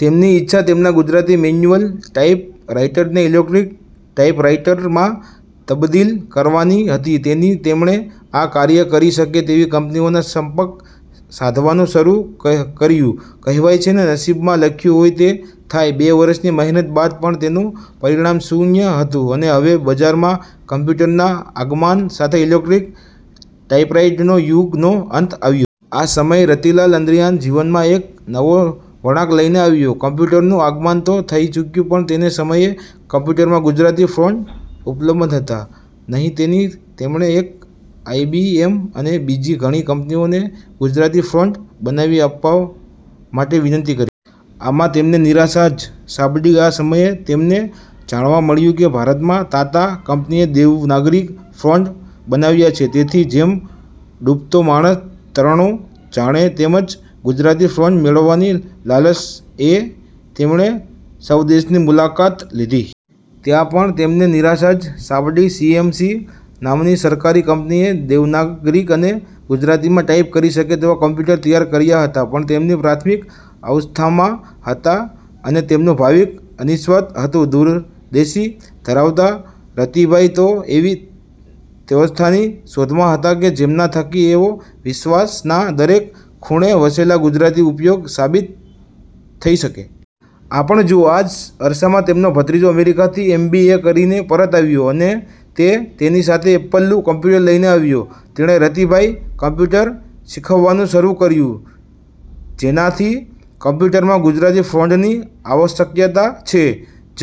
તેમની ઇચ્છા તેમના ગુજરાતી મેન્યુઅલ ટાઇપરાઇટરને ઇલેક્ટ્રિક ટાઇપરાઇટરમાં તબદિલ કરવાની હતી તેથી તેમણે આ કાર્ય કરી શકે તેવી કંપનીઓના સંપર્ક સાધવાનું શરૂ કર્યું. કહેવાય છે કે નસીબમાં લખ્યું હોય તે થાય, બે વર્ષની મહેનત બાદ પણ તેનું પરિણામ શૂન્ય હતું અને હવે બજારમાં કમ્પ્યૂટરના આગમન સાથે ઇલેક્ટ્રિક ટાઇપરાઇટરનો યુગનો અંત આવ્યો. આ સમય રતિલાલ ચંદરયાના જીવનમાં એક નવો વળાંક લઈને આવ્યો. કમ્પ્યૂટરનું આગમન તો થઈ ચૂક્યું પણ તે સમયે કમ્પ્યૂટરમાં ગુજરાતી ફોન્ટ ઉપલબ્ધ હતા નહીં તેથી તેમણે એપલ, આઇબીએમ અને બીજી ઘણી કંપનીઓને ગુજરાતી ફોન્ટ બનાવી આપવા માટે વિનંતી કરી. આમાં તેમને નિરાશા જ સાંપડી. આ સમયે તેમને જાણવા મળ્યું કે ભારતમાં તાતા કંપનીએ દેવનાગરી ફોન્ટ બનાવ્યા છે તેથી જેમ ડૂબતો માણસ તરણું ઝાલે તેમ જ ગુજરાતી ફોન્ટ મેળવવાની લાલસા એ તેમણે સ્વદેશની મુલાકાત લીધી. ત્યાં પણ તેમને નિરાશા જ સાંપડી. સીએમસી નામની સરકારી કંપનીએ દેવનાગરી અને ગુજરાતીમાં ટાઇપ કરી શકે તેવા કમ્પ્યૂટર તૈયાર કર્યા હતા પણ તે પ્રાથમિક અવસ્થામાં હતાં અને તેનું ભાવિ અનિશ્ચિત હતું. દૂરંદેશી ધરાવતા રતિભાઈ તો એવી વ્યવસ્થાની શોધમાં હતા કે જેના થકી તેઓ વિશ્વના દરેક ખૂણે વસેલા ગુજરાતીને ઉપયોગી સાબિત થઈ શકે. આ પણ જુઓ: આ જ અરસામાં તેમનો ભત્રીજો અમેરિકાથી એમ. બી. એ. કરીને પરત આવ્યો અને તે તેની સાથે એપલનું કમ્પ્યૂટર લઈને આવ્યો. તેણે રતિભાઈ કમ્પ્યૂટર શીખવવાનું શરૂ કર્યું. જેનાથી કમ્પ્યૂટરમાં ગુજરાતી ફોન્ટની આવશ્યકતા છે જ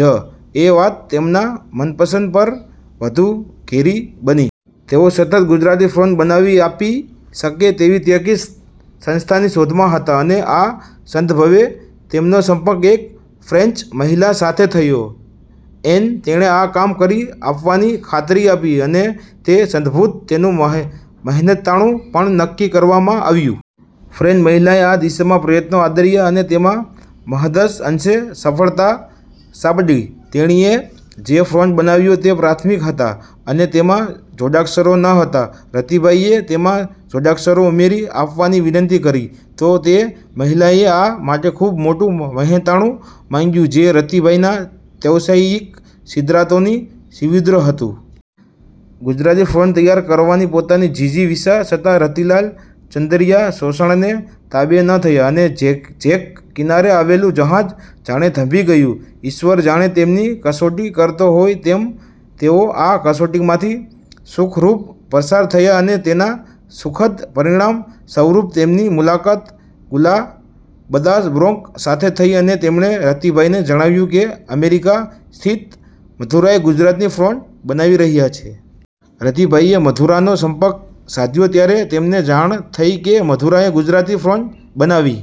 એ વાત તેમના માનસપટ પર વધુ ઘેરી બની. તેઓ સતત ગુજરાતી ફોન્ટ બનાવી આપી શકે તેવી વ્યક્તિ-સંસ્થાની શોધમાં હતા અને આ સંદર્ભે તેમનો સંપર્ક એક ફ્રેન્ચ મહિલા સાથે થયો એન તેણે આ કામ કરી આપવાની ખાતરી આપી અને તે સંદર્ભનું તેનું મહેનતાણું પણ નક્કી કરવામાં આવ્યું. ફ્રેન્ચ મહિલાએ આ દિશામાં પ્રયત્નો આદર્યા અને તેમાં મહદઅંશે સફળતા સાંપડી. તેણીએ જે ફોન્ટ બનાવ્યા તે પ્રાથમિક હતા અને તેમાં જોડાક્ષરો ન હતા. રતિભાઈએ તેમાં જોડાક્ષરો ઉમેરી આપવાની વિનંતી કરી તો તે મહિલાએ આ માટે ખૂબ મોટું મહેનતાણું માંગ્યું જે રતિભાઈના વ્યવસાયિક સિદ્ધાંતોની વિરુદ્ધ હતું. ગુજરાતી ફોન્ટ તૈયાર કરવાની પોતાની જિજીવિષા છતાં રતિલાલ ચંદરયા શોષણને તાબે ન થયા અને છેક કિનારે આવેલું જહાજ જાણે થંભી ગયું. ઈશ્વર જાણે તેમની કસોટી કરતો હોય તેમ તેઓ આ કસોટીમાંથી સુખરૂપ પસાર થયા અને તેના સુખદ પરિણામ સ્વરૂપ તેમની મુલાકત ગુલાબદાસ બ્રોકર સાથે થઈ અને તેમણે રતિભાઈને જણાવ્યું કે અમેરિકા સ્થિત મધુરાય ગુજરાતી ફોન્ટ બનાવી રહ્યા છે. રતિભાઈએ મધુરાયનો સંપર્ક સાધ્યો ત્યારે તેમને જાણ થઈ કે મધુરાયે ગુજરાતી ફોન્ટ બનાવી